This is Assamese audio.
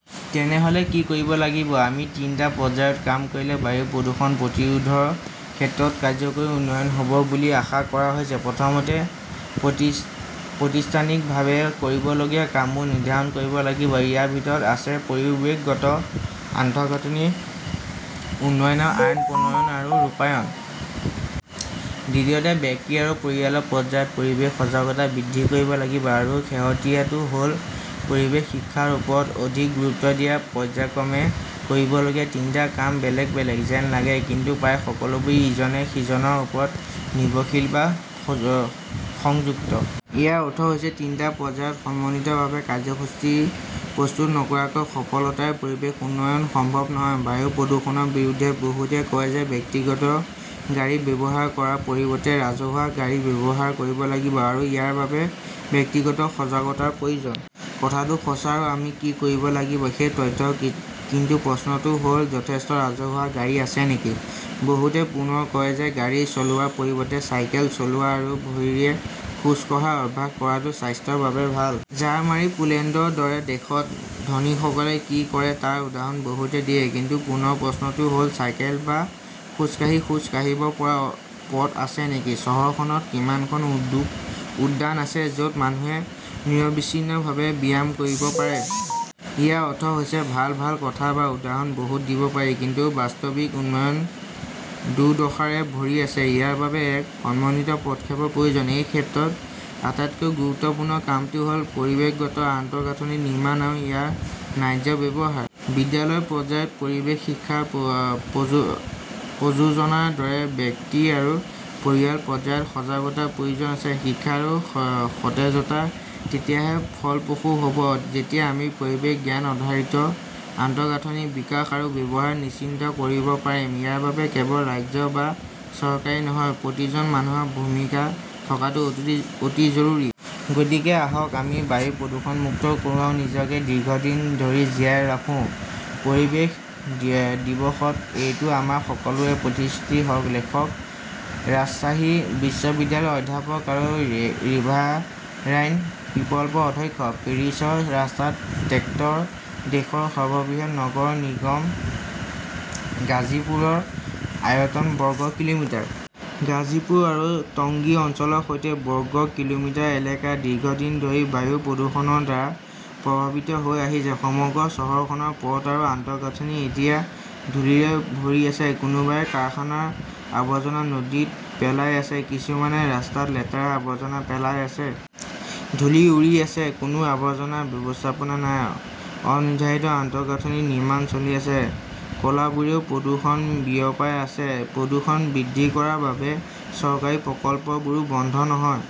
তেনেহলে কি কৰিব লাগিব? আমি তিনিটা পৰ্যায়ত কাম কৰিলে বায়ু প্ৰদূষণ প্ৰতিৰোধৰ ক্ষেত্ৰত কাৰ্যকৰী উন্নয়ন হ 'ব বুলি আশা কৰা হৈছে। প্ৰথমতে, প্ৰতিষ্ঠানিকভাৱে কৰিবলগীয়া কামবোৰ নিৰ্ধাৰণ কৰিব লাগিব। ইয়াৰ ভিতৰত আছে পৰিৱেশগত আন্তঃগাঁথনি উন্নয়ন আৰু আইন প্ৰণয়ন আৰু ৰূপায়ণ। দ্বিতীয়তে, ব্যক্তি আৰু পৰিয়ালৰ পৰ্যায়ত পৰিৱেশ সজাগতা বৃদ্ধি কৰিব লাগিব। আৰু শেহতীয়াটো হ’ল, পৰিৱেশ শিক্ষাৰ ওপৰত অধিক গুৰুত্ব দিয়া। পৰ্য্যায়ক্ৰমে কৰিবলগীয়া তিনিটা কাম বেলেগ বেলেগ যেন লাগে, কিন্তু প্ৰায় সকলোবোৰ ইজনে সিজনৰ ওপৰত নিৰ্ভৰশীল বা সংযুক্ত। ইয়াৰ অৰ্থ হৈছে তিনিটা পৰ্যায়ত সমন্বিতভাৱে কাৰ্যসূচী প্ৰস্তুত নকৰাকৈ সফলতাৰে পৰিৱেশ উন্নয়ন সম্ভৱ নহয়। বায়ু প্ৰদূষণৰ বিৰুদ্ধে বহুতে কয় যে ব্যক্তিগত গাড়ী ব্যৱহাৰ কৰাৰ পৰিৱৰ্তে ৰাজহুৱা গাড়ী ব্যৱহাৰ কৰিব লাগিব, আৰু ইয়াৰ বাবে ব্যক্তিগত সজাগতাৰ প্ৰয়োজন। কথাটো সঁচা আৰু আমি কি কৰিব লাগিব সেই তথ্য। কিন্তু প্ৰশ্নটো হ’ল, যথেষ্ট ৰাজহুৱা গাড়ী আছে নেকি? বহুতে পুনৰ কয় যে গাড়ী চলোৱাৰ পৰিৱৰ্তে চাইকেল চলোৱা আৰু ভৰিৰে খোজ কাঢ়াৰ অভ্যাস কৰাটো স্বাস্থ্যৰ বাবে ভাল। জাৰ্মানী পোলেণ্ডৰ দৰে দেশত ধনীসকলে কি কৰে তাৰ উদাহৰণ বহুতে দিয়ে। কিন্তু পুনৰ প্ৰশ্নটো হ’ল, চাইকেল বা খোজকাঢ়ি খোজ কাঢ়িব পৰা পথ আছে নেকি? চহৰখনত কিমানখন উদ্যান আছে য 'ত মানুহে নিৰবিচ্ছিন্নভাৱে ব্যায়াম কৰিব পাৰে? ইয়াৰ অৰ্থ হৈছে ভাল ভাল কথা বা উদাহৰণ বহুত দিব পাৰি, কিন্তু বাস্তৱিক উন্নয়ন দুৰ্দশাৰে ভৰি আছে। ইয়াৰ বাবে এক সমন্বিত পদক্ষেপৰ প্ৰয়োজন। এই ক্ষেত্ৰত আটাইতকৈ গুৰুত্বপূৰ্ণ কামটো হ’ল পৰিৱেশগত আন্তঃগাঁথনি নিৰ্মাণ আৰু ইয়াৰ ন্যায্য ব্যৱহাৰ। বিদ্যালয় পৰ্যায়ত পৰিৱেশ শিক্ষাৰ প্ৰযোজনাৰ দৰে ব্যক্তি আৰু পৰিয়াল পৰ্যায়ত সজাগতাৰ প্ৰয়োজন আছে। শিক্ষা আৰু সতেজতা তেতিয়াহে ফলপ্ৰসূ হ’ব যেতিয়া আমি পৰিৱেশ-জ্ঞান-আধাৰিত আন্তঃগাঁথনিৰ বিকাশ আৰু ব্যৱহাৰ নিশ্চিত কৰিব পাৰিম। ইয়াৰ বাবে কেৱল ৰাজ্য বা চৰকাৰেই নহয়, প্ৰতিজন মানুহৰ ভূমিকা থকাটো অতি জৰুৰী। গতিকে আহক আমি বায়ু প্ৰদূষণমুক্ত কৰোঁ, আৰু নিজকে দীৰ্ঘদিন ধৰি জীয়াই ৰাখোঁ। পৰিৱেশ দিৱসত এইটো আমাৰ সকলোৰে প্ৰতিশ্ৰুতি হওক। লেখকঃ ৰাজশ্বাহী বিশ্ববিদ্যালয়ৰ অধ্যাপক আৰু ৰিভাৰাইন পিপলৰ অধ্যক্ষ। পেৰিছৰ ৰাস্তাত ট্ৰেক্টৰ দেশৰ সৰ্ববৃহৎ নগৰ নিগম গাজীপুৰৰ আয়তন বৰ্গ কিলোমিটাৰ। গাজীপুৰ আৰু টংগী অঞ্চলৰ সৈতে বৰ্গ কিলোমিটাৰ এলেকা দীৰ্ঘদিন ধৰি বায়ু প্ৰদূষণৰ দ্বাৰা প্ৰভাৱিত হৈ আহিছে। সমগ্ৰ চহৰখনৰ পথ আৰু আন্তঃগাঁথনি এতিয়া ধূলিৰে ভৰি আছে। কোনোবাই কাৰখানাৰ আৱৰ্জনা নদীত পেলাই আছে, কিছুমানে ৰাস্তাত লেতেৰা আৱৰ্জনা পেলাই আছে। ধূলি উৰি আছে। কোনো আৱৰ্জনা ব্যৱস্থাপনা নাই। অনিৰ্ধাৰিত আন্তঃগাঁথনি নিৰ্মাণ চলি আছে। কলাবোৰেও প্ৰদূষণ বিয়পাই আছে। প্ৰদূষণ বৃদ্ধি কৰাৰ বাবে চৰকাৰী প্ৰকল্পবোৰো বন্ধ নহয়।